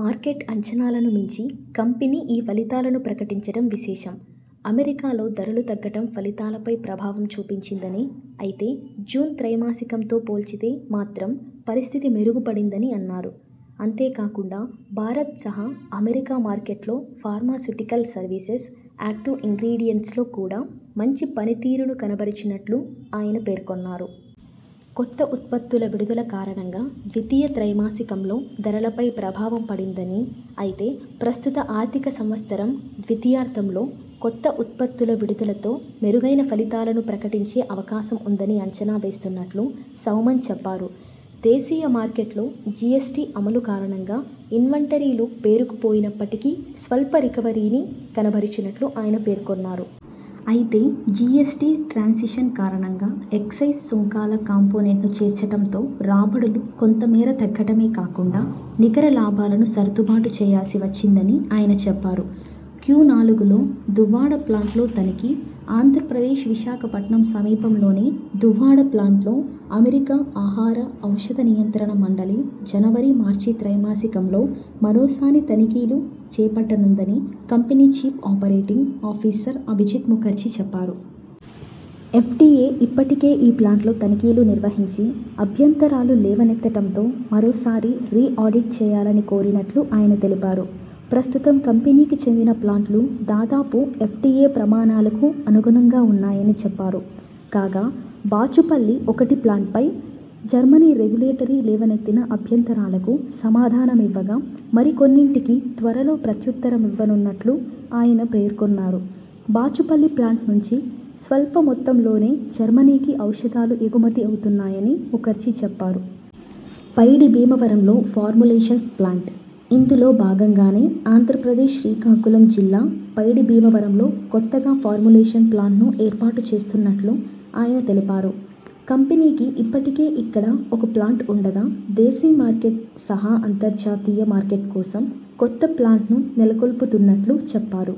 Market అంచనాలను మించి company ఈ ఫలితాలను ప్రకటించటం విశేషం. అమెరికా లో ధరలు తగ్గటం ఫలితాలపై ప్రభావం చూపించిందని అయితే జూన్ త్రైమాసికం తో పోల్చితే మాత్రం పరిస్థితి మెరుగు పడిందని అన్నారు. అంతే కాకుండా భారత్ సహా అమెరికా మార్కెట్లో ఫార్మాస్యుటికల్ సర్వీసెస్, యాక్టివ్ ఇన్గ్రిడియెంట్స్ లో కూడా మంచి పని తీరును కనబరిచినట్లు ఆయన పేర్కొన్నారు. కొత్త ఉత్పత్తుల విడుదల కారణంగా ద్వితీయ త్రైమాసికంలో ధరలపై ప్రభావం పడిందని, అయితే ప్రస్తుత ఆర్థిక సంవత్సరం ద్వితీయార్థం లో కొత్త ఉత్పత్తుల విడుదల తో మెరుగైన ఫలితాలను ప్రకటించే అవకాశం ఉందని అంచనా వేస్తున్నట్లు సౌమెన్ చెప్పారు. దేశీయ మార్కెట్లో జిఎస్టి అమలు కారణంగా ఇన్వెంటరీలు పేరుకు పోయినప్పటికీ స్వల్ప రికవరీని కనబరిచినట్లు ఆయన పేర్కొన్నారు. అయితే జిఎస్టి ట్రాన్సిషన్ కారణంగా ఎక్సైజ్ సుంకాల కాంపోనెంట్ను చేర్చటంతో రాబడులు కొంత మేర తగ్గటమే కాకుండా నికర లాభాలను సర్దుబాటు చేయాల్సి వచ్చిందని ఆయన చెప్పారు. క్యునాలుగులో దువ్వాడ ప్లాంట్లో తనిఖీ, ఆంధ్రప్రదేశ్ విశాఖపట్నం సమీపంలోని దువ్వాడ ప్లాంట్లో అమెరికా ఆహార, ఔషధ నియంత్రణ మండలి జనవరి, మార్చి త్రైమాసికంలో మరో సారి తనిఖీలు చేపట్ట నుందని company chief operating officer Abhijit Mukherjee చెప్పారు. ఎఫ్డిఎ ఇప్పటికే ఈ ప్లాంట్లో తనిఖీలు నిర్వహించి అభ్యంతరాలు లేవనెత్తటంతో మరోసారి రీ ఆడిట్ చేయాలని కోరినట్లు ఆయన తెలిపారు. ప్రస్తుతం కంపెనీకి చెందిన ప్లాంట్లు దాదాపు ఎఫ్డిఎ ప్రమాణాలకు అనుగుణంగా ఉన్నాయని చెప్పారు. కాగా బాచుపల్లి ఒకటి ప్లాంట్పై జర్మనీ రెగ్యు లేటరీ లేవనెత్తిన అభ్యంతరాలకు సమాధానమివ్వగా మరికొన్నింటికి త్వరలో ప్రత్యుత్తరమివ్వనున్నట్లు ఆయన పేర్కొన్నారు, బాచుపల్లి ప్లాంట్ నుంచి స్వల్ప మొత్తంలోనే జర్మనీకి ఔషధాలు ఎగుమతి అవుతున్నాయని ముఖర్జీ చెప్పారు. పైడి భీమవరంలో ఫార్ములేషన్స్ ప్లాంట్.. ఇందులో భాగంగానే ఆంధ్రప్రదేశ్ శ్రీకాకుళం జిల్లా పైడి భీమవరంలో కొత్తగా ఫార్ములేషన్ ప్లాంట్ను ఏర్పాటు చేస్తున్నట్లు ఆయన తెలిపారు. కంపెనీకి ఇప్పటికే ఇక్కడ ఒక ప్లాంట్ ఉండగా దేశీ మార్కెట్ సహా అంతర్జాతీయ మార్కెట్ కోసం కొత్త ప్లాంట్ను నెలకొల్పుతున్నట్లు చెప్పారు.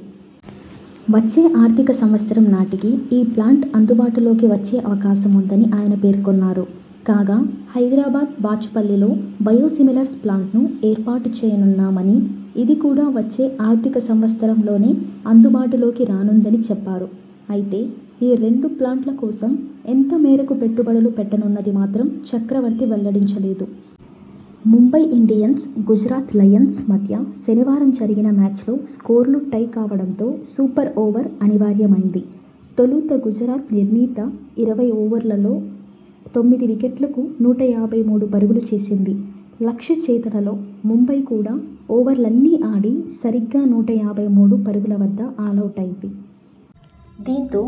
వచ్చే ఆర్థిక సంవత్సరం నాటి కి ఈ ప్లాంట్ అందుబాటులోకి వచ్చే అవకాశం ఉందని ఆయన పేర్కొన్నారు. కాగా హైదరాబాద్, బాచుపల్లిలో బయోసిమిలర్స్ ప్లాంట్ను ఏర్పాటు చేయనున్నామని, ఇది కూడా వచ్చే ఆర్థిక సంవత్సరంలోనే అందుబాటులోకి రానుందని చెప్పారు. అయితే ఈ రెండు ప్లాంట్ల కోసం ఎంత మేరకు పెట్టుబడులు పెట్టనున్నది మాత్రం చక్రవర్తి వెల్లడించలేదు. ముంబై ఇండియన్స్, గుజరాత్ లయన్స్ మధ్య శనివారం జరిగిన మ్యాచ్ లో స్కోర్లు టై కావడంతో సూపర్ ఓవర్ అనివార్య మైంది. తొలుత గుజరాత్ నిర్ణీత ఇరవై ఓవర్లలో తొమ్మిది వికెట్లకు నూట యాభై మూడు పరుగులు చేసింది. లక్ష్య ఛేదనలో ముంబై కూడా ఓవర్లన్నీ ఆడి సరిగ్గా నూట యాభై మూడు పరుగుల వద్ద ఆలౌటైంది. దీంతో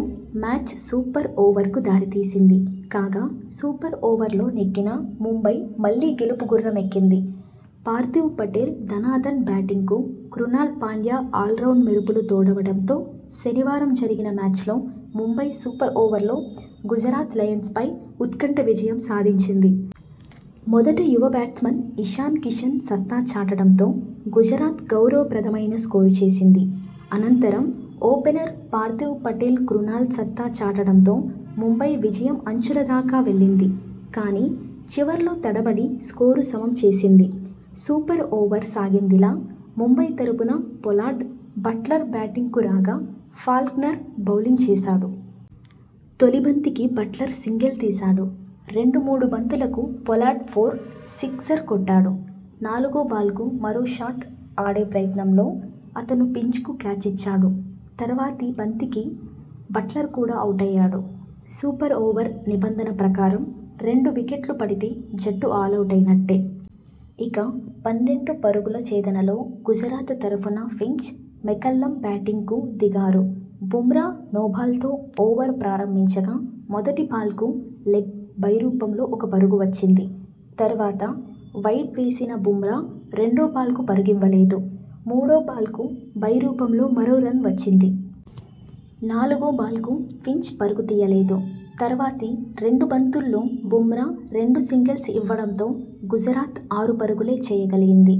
మ్యాచ్ సూపర్ ఓవర్కు దారితీసింది. కాగా, సూపర్ ఓవర్లో నెగ్గిన ముంబై మళ్లీ గెలుపు గుర్ర మెక్కింది. పార్థివ్ పటేల్ ధనాధన్ బ్యాటింగ్కు క్రునాల్ పాండ్యా ఆల్రౌండ్ మెరుపులు తోడవడంతో శనివారం జరిగిన మ్యాచ్లో ముంబై సూపర్ ఓవర్లో గుజరాత్ లయన్స్పై ఉత్కంఠ విజయం సాధించింది. మొదటి యువ బ్యాట్స్మన్ ఇషాన్ కిషన్ సత్తా చాటడంతో గుజరాత్ గౌరవ ప్రదమైన స్కోరు చేసింది. అనంతరం ఓపెనర్ పార్థివ్ పటేల్ క్రునాల్ సత్తా చాటడంతో ముంబై విజయం అంచుల దాకా వెళ్లింది. కానీ, చివర్లో తడ బడి స్కోరు సమం చేసింది. సూపర్ ఓవర్ సాగిందిలా, ముంబై తరఫున పొలార్డ్, బట్లర్ బ్యాటింగ్కు రాగా, ఫాల్క్నర్ బౌలింగ్ చేశాడు. తొలి బంతికి బట్లర్ సింగిల్ తీశాడు. రెండు, మూడు బంతులకు పొలార్డ్ ఫోర్, సిక్సర్ కొట్టాడు. నాలుగో బాల్కు మరో షాట్ ఆడే ప్రయత్నంలో అతను ఫించ్కు క్యాచ్ ఇచ్చాడు. తర్వాతి బంతికి బట్లర్ కూడా అవుటయ్యాడు. సూపర్ ఓవర్ నిబంధన ప్రకారం రెండు వికెట్లు పడితే జట్టు ఆలౌటైనట్టే. ఇక, పన్నెండు పరుగుల ఛేదనలో గుజరాత తరఫున ఫించ్, మెకల్లమ్ బ్యాటింగ్కు దిగారు. బుమ్రా నోబాల్తో ఓవర్ ప్రారంభించగా, మొదటి బాల్కు లెగ్ బై రూపంలో ఒక పరుగు వచ్చింది. తర్వాత వైడ్ వేసిన బుమ్రా, రెండో బాల్కు పరుగివ్వ లేదు. మూడో బాల్కు బై రూపంలో మరో రన్ వచ్చింది. నాలుగో బాల్కు ఫించ్ పరుగు తీయలేదు. తర్వాతి రెండు బంతుల్లో బుమ్రా రెండు సింగిల్స్ ఇవ్వడంతో గుజరాత్ ఆరు పరుగులే చేయ గలిగింది.